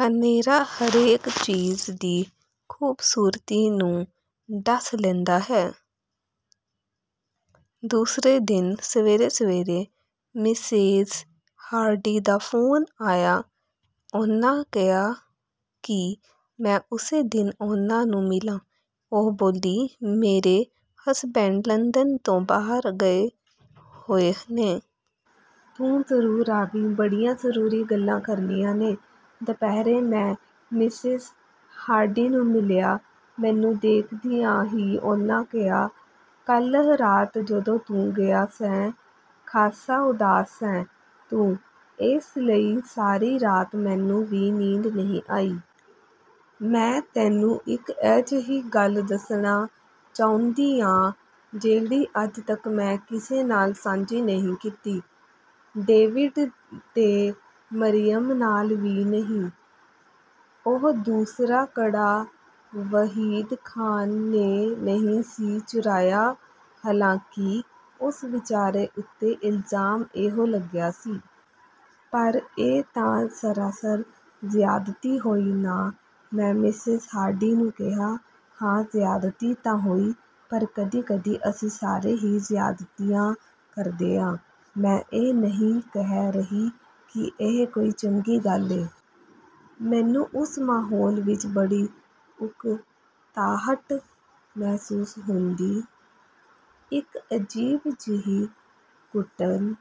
ਹਨੇਰਾ ਹਰੇਕ ਚੀਜ਼ ਦੀ ਖ਼ੂਬਸੂਰਤੀ ਨੂੰ ਡਸ ਲੈਂਦਾ ਹੈ। --------- ਦੂਸਰੇ ਦਿਨ ਸਵੇਰੇ-ਸਵੇਰੇ ਮਿਸੇਜ਼ ਹਾਰਡੀ ਦਾ ਫ਼ੋਨ ਆਇਆ। ਉਹਨਾਂ ਕਿਹਾ ਕਿ ਮੈਂ ਉਸੇ ਦਿਨ ਉਹਨਾਂ ਨੂੰ ਮਿਲਾਂ। ਉਹ ਬੋਲੀ, "ਮੇਰੇ ਹਸਬੈਂਡ ਲੰਦਨ ਤੋਂ ਬਾਹਰ ਗਏ ਹੋਏ ਨੇ... ਤੂੰ ਜ਼ਰੂਰ ਆਵੀਂ, ਬੜੀਆਂ ਜ਼ਰੂਰੀ ਗੱਲਾਂ ਕਰਨੀਆਂ ਨੇ।" ਦੁਪਹਿਰੇ ਮੈਂ ਮਿਸੇਜ਼ ਹਾਰਡੀ ਨੂੰ ਮਿਲਿਆ। ਮੈਨੂੰ ਦੇਖਦਿਆਂ ਹੀ ਉਹਨਾਂ ਕਿਹਾ, "ਕੱਲ੍ਹ ਰਾਤ ਜਦੋਂ ਤੂੰ ਗਿਆ ਸੈਂ, ਖਾਸਾ ਉਦਾਸ ਸੈਂ ਤੂੰ—ਇਸ ਲਈ ਸਾਰੀ ਰਾਤ ਮੈਨੂੰ ਵੀ ਨੀਂਦ ਨਹੀਂ ਆਈ। ਮੈਂ ਤੈਨੂੰ ਇਕ ਅਜਿਹੀ ਗੱਲ ਦੱਸਣਾ ਚਾਹੁੰਦੀ ਆਂ ਜਿਹੜੀ ਅੱਜ ਤੱਕ ਮੈਂ ਕਿਸੇ ਨਾਲ ਸਾਂਝੀ ਨਹੀਂ ਕੀਤੀ। ਡੇਵਿਡ ਤੇ ਮਰੀਅਮ ਨਾਲ ਵੀ ਨਹੀਂ। ਉਹ ਦੂਸਰਾ ਕੜਾ ਵਹੀਦ ਖ਼ਾਨ ਨੇ ਨਹੀਂ ਸੀ ਚੁਰਾਇਆ, ਹਾਲਾਂਕਿ ਉਸ ਵਿਚਾਰੇ ਉੱਤੇ ਇਲਜ਼ਾਮ ਇਹੋ ਲੱਗਿਆ ਸੀ।" "ਪਰ ਇਹ ਤਾਂ ਸਰਾਸਰ ਜ਼ਿਆਦਤੀ ਹੋਈ ਨਾ!" ਮੈਂ ਮਿਸੇਜ਼ ਹਾਰਡੀ ਨੂੰ ਕਿਹਾ। "ਹਾਂ—ਜ਼ਿਆਦਤੀ ਤਾਂ ਹੋਈ। ਪਰ ਕਦੀ-ਕਦੀ ਅਸੀਂ ਸਾਰੇ ਹੀ ਜ਼ਿਆਦਤੀਆਂ ਕਰਦੇ ਆਂ। ਮੈਂ ਇਹ ਨਹੀਂ ਕਹਿ ਰਹੀ ਕਿ ਇਹ ਕੋਈ ਚੰਗੀ ਗੱਲ ਏ। ਮੈਨੂੰ ਉਸ ਮਾਹੌਲ ਵਿੱਚ ਬੜੀ ਉਕਤਾਹਟ ਮਹਿਸੂਸ ਹੁੰਦੀ... ਇੱਕ ਅਜੀਬ ਜਿਹੀ ਘੁਟਨ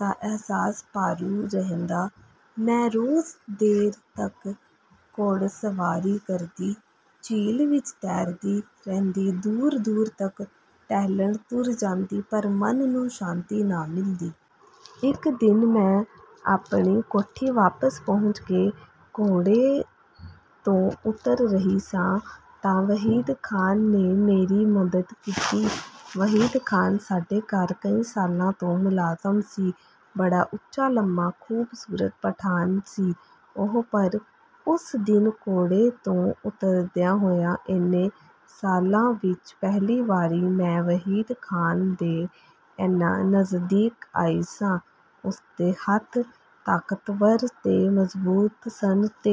ਦਾ ਅਹਿਸਾਸ ਭਾਰੂ ਰਹਿੰਦਾ। ਮੈਂ ਰੋਜ਼ ਦੇਰ ਤੱਕ ਘੋੜਸਵਾਰੀ ਕਰਦੀ, ਝੀਲ ਵਿੱਚ ਤੈਰਦੀ ਰਹਿੰਦੀ, ਦੂਰ-ਦੂਰ ਤੱਕ ਟਹਿਲਣ ਤੁਰ ਜਾਂਦੀ... ਪਰ ਮਨ ਨੂੰ ਸ਼ਾਂਤੀ ਨਾ ਮਿਲਦੀ। ਇੱਕ ਦਿਨ ਮੈਂ ਆਪਣੀ ਕੋਠੀ ਵਾਪਸ ਪਹੁੰਚ ਕੇ ਘੋੜੇ ਤੋਂ ਉਤਰ ਰਹੀ ਸਾਂ ਤਾਂ ਵਹੀਦ ਖ਼ਾਨ ਨੇ ਮੇਰੀ ਮਦਦ ਕੀਤੀ। ਵਹੀਦ ਖ਼ਾਨ ਸਾਡੇ ਘਰ ਕਈ ਸਾਲਾਂ ਤੋਂ ਮੁਲਾਜ਼ਮ ਸੀ। ਬੜਾ ਉੱਚਾ-ਲੰਮਾ ਖ਼ੂਬਸੂਰਤ ਪਠਾਨ ਸੀ ਉਹ—ਪਰ ਉਸ ਦਿਨ ਘੋੜੇ ਤੋਂ ਉਤਰਦਿਆਂ ਹੋਇਆਂ, ਏਨੇ ਸਾਲਾਂ ਵਿੱਚ ਪਹਿਲੀ ਵਾਰੀ ਮੈਂ ਵਹੀਦ ਖ਼ਾਨ ਦੇ ਏਨਾ ਨਜ਼ਦੀਕ ਆਈ ਸਾਂ। ਉਸਦੇ ਹੱਥ ਤਾਕਤਵਰ ਤੇ ਮਜ਼ਬੂਤ ਸਨ ਤੇ...